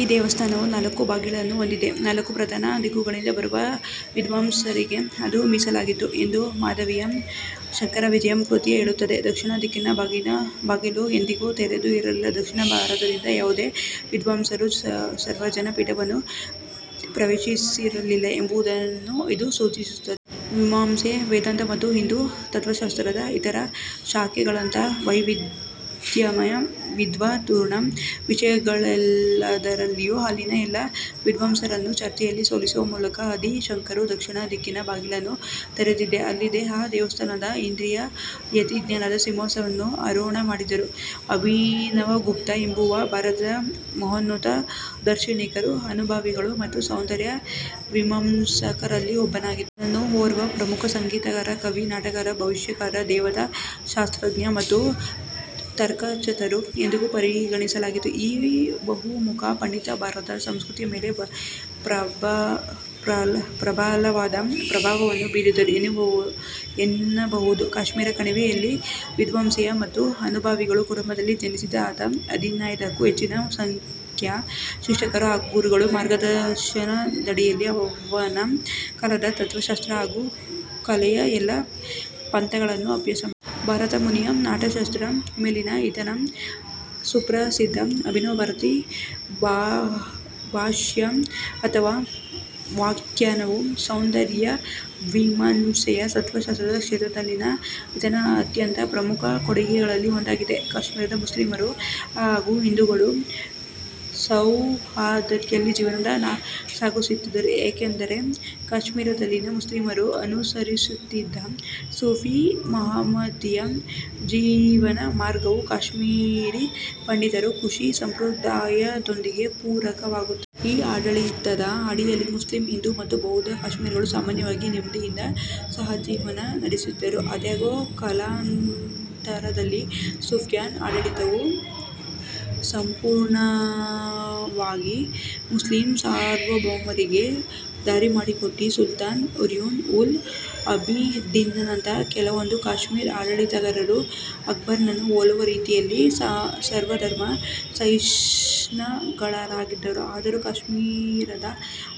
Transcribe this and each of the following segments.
ಈ ದೇವಸ್ಥಾನವು ನಾಲ್ಕು ಬಾಗಿಲುಗಳನ್ನು ಹೊಂದಿದ್ದು, ನಾಲ್ಕು ಪ್ರಧಾನ ದಿಕ್ಕುಗಳಿಂದ ಬರುವ ವಿದ್ವಾಂಸರಿಗಾಗಿ ಅದು ಮೀಸಲಾಗಿತ್ತು ಎಂದು ಮಾಧವೀಯ ಶಂಕರವಿಜಯಂ ಕೃತಿಯು ಹೇಳುತ್ತದೆ. ದಕ್ಷಿಣ ದಿಕ್ಕಿನ ಬಾಗಿಲು ಎಂದಿಗೂ ತೆರೆದೇ ಇರಲಿಲ್ಲ. ದಕ್ಷಿಣ ಭಾರತದಿಂದ ಯಾವುದೇ ವಿದ್ವಾಂಸರೂ ಸರ್ವಜ್ಞ ಪೀಠವನ್ನು ಪ್ರವೇಶಿಸಿರಲಿಲ್ಲ ಎಂಬುದನ್ನು ಇದು ಸೂಚಿಸುತ್ತಿತ್ತು. ಮೀಮಾಂಸೆ, ವೇದಾಂತ ಮತ್ತು ಹಿಂದೂ ತತ್ತ್ವಶಾಸ್ತ್ರದ ಇತರ ಶಾಖೆಗಳಂಥ ವೈವಿಧ್ಯಮಯ ವಿದ್ವತ್ಪೂರ್ಣ ವಿಷಯಗಳೆಲ್ಲದರಲ್ಲಿಯೂ ಅಲ್ಲಿನ ಎಲ್ಲಾ ವಿದ್ವಾಂಸರನ್ನೂ ಚರ್ಚೆಯಲ್ಲಿ ಸೋಲಿಸುವ ಮೂಲಕ, ಆದಿ ಶಂಕರರು ದಕ್ಷಿಣ ದಿಕ್ಕಿನ ಬಾಗಿಲನ್ನು ತೆರೆದದ್ದೇ ಅಲ್ಲದೇ, ಆ ದೇವಸ್ಥಾನದ ಇಂದ್ರಿಯಾತೀತ ಜ್ಞಾನದ ಸಿಂಹಾಸನವನ್ನು ಆರೋಹಣ ಮಾಡಿದರು. ಅಭಿನವಗುಪ್ತ ಎಂಬುವವ ಭಾರತದ ಮಹೋನ್ನತ ದಾರ್ಶನಿಕರು, ಅನುಭಾವಿಗಳು ಮತ್ತು ಸೌಂದರ್ಯ ಮೀಮಾಂಸಕರಲ್ಲಿ ಒಬ್ಬನಾಗಿದ್ದ. ಅವನನ್ನು ಓರ್ವ ಪ್ರಮುಖ ಸಂಗೀತಗಾರ, ಕವಿ, ನಾಟಕಕಾರ, ಭಾಷ್ಯಕಾರ, ದೇವತಾಶಾಸ್ತ್ರಜ್ಞ, ಮತ್ತು ತರ್ಕಚತುರ ಎಂದೂ ಪರಿಗಣಿಸಲಾಗಿತ್ತು. ಈ ಬಹುಮುಖ ಪಂಡಿತ ಭಾರತದ ಸಂಸ್ಕೃತಿಯ ಮೇಲೆ ಪ್ರಬಲವಾದ ಪ್ರಭಾವವನ್ನು ಬೀರಿದ ಎನ್ನಬಹುದು. ಕಾಶ್ಮೀರದ ಕಣಿವೆ ಯಲ್ಲಿನ ವಿದ್ವಾಂಸರು ಮತ್ತು ಅನುಭಾವಿಗಳ ಕುಟುಂಬದಲ್ಲಿ ಜನಿಸಿದ ಆತ, ಹದಿನೈದಕ್ಕೂ ಹೆಚ್ಚಿನ ಸಂಖ್ಯೆಯ ಶಿಕ್ಷಕರು ಹಾಗೂ ಗುರುಗಳ ಮಾರ್ಗದರ್ಶನದಡಿಯಲ್ಲಿ, ಅವನ ಕಾಲದ ತತ್ತ್ವಶಾಸ್ತ್ರ ಹಾಗೂ ಕಲೆಯ ಎಲ್ಲಾ ಪಂಥಗಳನ್ನೂ ಅಭ್ಯಾಸ ಮಾಡಿದ. ಭರತ ಮುನಿಯ ನಾಟ್ಯಶಾಸ್ತ್ರ ಮೇಲಿನ ಈತನ ಸುಪ್ರಸಿದ್ಧ ಅಭಿನವಭಾರತಿ ಭಾಷ್ಯ ಅಥವಾ ವ್ಯಾಖ್ಯಾನವು ಸೌಂದರ್ಯಮೀಮಾಂಸೆಯ ತತ್ತ್ವಶಾಸ್ತ್ರದ ಕ್ಷೇತ್ರದಲ್ಲಿನ ಈತನ ಅತ್ಯಂತ ಪ್ರಮುಖ ಕೊಡುಗೆಗಳಲ್ಲಿ ಒಂದಾಗಿದೆ. ಕಾಶ್ಮೀರದ ಮುಸ್ಲಿಮರು ಹಾಗೂ ಹಿಂದೂಗಳು ಸೌಹಾರ್ದತೆಯಲ್ಲಿ ಜೀವನ ಸಾಗಿಸುತ್ತಿದ್ದರು. ಏಕೆಂದರೆ, ಕಾಶ್ಮೀರದಲ್ಲಿನ ಮುಸ್ಲಿಮರು ಅನುಸರಿಸುತ್ತಿದ್ದ ಸೂಫಿ -ಮಹಮ್ಮದೀಯ ಜೀವನಮಾರ್ಗವು ಕಾಶ್ಮೀರಿ ಪಂಡಿತರ ಋಷಿ ಸಂಪ್ರದಾಯದೊಂದಿಗೆ ಪೂರಕವಾಗಿತ್ತು. ಈ ಆಡಳಿತದ ಅಡಿಯಲ್ಲಿ, ಮುಸ್ಲಿಂ, ಹಿಂದೂ ಮತ್ತು ಬೌದ್ಧ ಕಾಶ್ಮೀರಿಗಳು ಸಾಮಾನ್ಯವಾಗಿ ನೆಮ್ಮದಿಯಿಂದ ಸಹಜೀವನ ನಡೆಸಿದ್ದರು. ಆದಾಗ್ಯೂ, ಕಾಲಾನಂತರದಲ್ಲಿ ಸೂಫಿಯಾನಾ ಆಡಳಿತವು ಸಂಪೂರ್ಣವಾಗಿ ಮುಸ್ಲಿಂ ಸಾರ್ವಭೌಮರಿಗೆ ದಾರಿಮಾಡಿಕೊಟ್ಟಿತು. ಸುಲ್ತಾನ್ ಝೈನ್-ಉಲ್-ಅಬಿದಿನ್ನಂತಹ ಕೆಲವೊಂದು ಕಾಶ್ಮೀರಿ ಆಡಳಿತಗಾರರು ಅಕ್ಬರ್ನನ್ನು ಹೋಲುವ ರೀತಿಯಲ್ಲಿ ಸರ್ವಧರ್ಮ ಸಹಿಷ್ಣುಗಳಾಗಿದ್ದರು. ಆದರೂ, ಕಾಶ್ಮೀರದ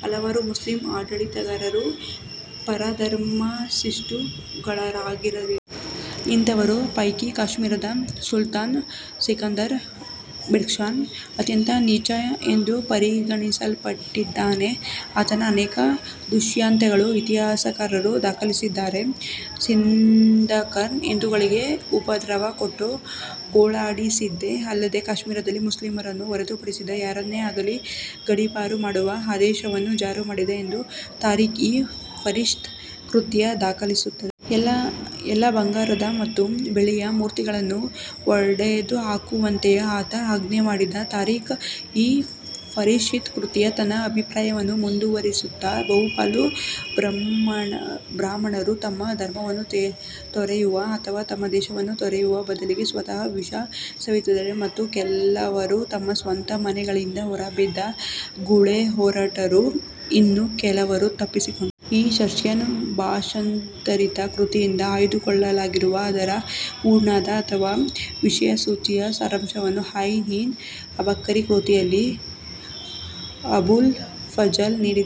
ಹಲವಾರು ಮುಸ್ಲಿಂ ಆಡಳಿತಗಾರರು ಪರಧರ್ಮಸಹಿಷ್ಣುಗಳಾಗಿರಲಿಲ್ಲ. ಇಂಥವರ ಪೈಕಿ ಕಾಶ್ಮೀರದ ಸುಲ್ತಾನ್ ಸಿಕಂದರ್ ಬಟ್ಷಿಕಾನ್ ಅತ್ಯಂತ ನೀಚ ಎಂದು ಪರಿಗಣಿಸಲ್ಪಟ್ಟಿದ್ದಾನೆ. ಆತನ ಅನೇಕ ದುಷ್ಕೃತ್ಯಗಳನ್ನು ಇತಿಹಾಸಕಾರರು ದಾಖಲಿಸಿದ್ದಾರೆ. ಸಿಕಂದರ್ನು ಹಿಂದೂಗಳಿಗೆ ಉಪದ್ರವ ಕೊಟ್ಟು ಗೋಳಾಡಿಸಿದ್ದೇ ಅಲ್ಲದೇ, ಕಾಶ್ಮೀರದಲ್ಲಿ ಮುಸ್ಲಿಮರನ್ನು ಹೊರತುಪಡಿಸಿದ ಯಾರನ್ನೇ ಆಗಲಿ ಗಡೀಪಾರು ಮಾಡುವ ಆದೇಶವನ್ನು ಜಾರಿಮಾಡಿದ ಎಂದು ತಾರೀಖ್-ಇ-ಫರಿಶ್ತಾ ಕೃತಿಯು ದಾಖಲಿಸುತ್ತದೆ. ಎಲ್ಲಾ "ಬಂಗಾರದ ಮತ್ತು ಬೆಳ್ಳಿಯ ಮೂರ್ತಿಗಳನ್ನು" ಒಡೆದುಹಾಕುವಂತೆಯೂ ಆತ ಆಜ್ಞೆಮಾಡಿದ. ತಾರೀಖ್-ಇ-ಫರಿಶ್ತಾ ಕೃತಿಯು ತನ್ನ ಅಭಿಪ್ರಾಯವನ್ನು ಮುಂದುವರೆಸುತ್ತಾ, "ಬಹುಪಾಲು ಬ್ರಾಹ್ಮಣರು ತಮ್ಮ ಧರ್ಮವನ್ನು ತೊರೆಯುವ ಅಥವಾ ತಮ್ಮ ದೇಶವನ್ನು ತೊರೆಯುವ ಬದಲಿಗೆ ಸ್ವತಃ ವಿಷ ಸೇವಿಸಿದರೆ, ಮತ್ತೆ ಕೆಲವರು ತಮ್ಮ ಸ್ವಂತ ಮನೆಗಳಿಂದ ಹೊರಬಿದ್ದು ಗುಳೆಹೊರಟರು, ಇನ್ನು ಕೆಲವರು ತಪ್ಪಿಸಿಕೊಂಡರು. ಈ ಪರ್ಷಿಯನ್ ಭಾಷಾಂತರಿತ ಕೃತಿಯಿಂದ ಆಯ್ದುಕೊಳ್ಳಲಾಗಿರುವ ಅದರ ಹೂರಣದ ಅಥವಾ ವಿಷಯಸೂಚಿಯ ಸಾರಾಂಶವನ್ನು ಐನ್-ಇ-ಅಕ್ಬರಿ ಕೃತಿಯಲ್ಲಿ ಅಬುಲ್ ಫಜಲ್ ನೀಡಿದ್ದಾನೆ.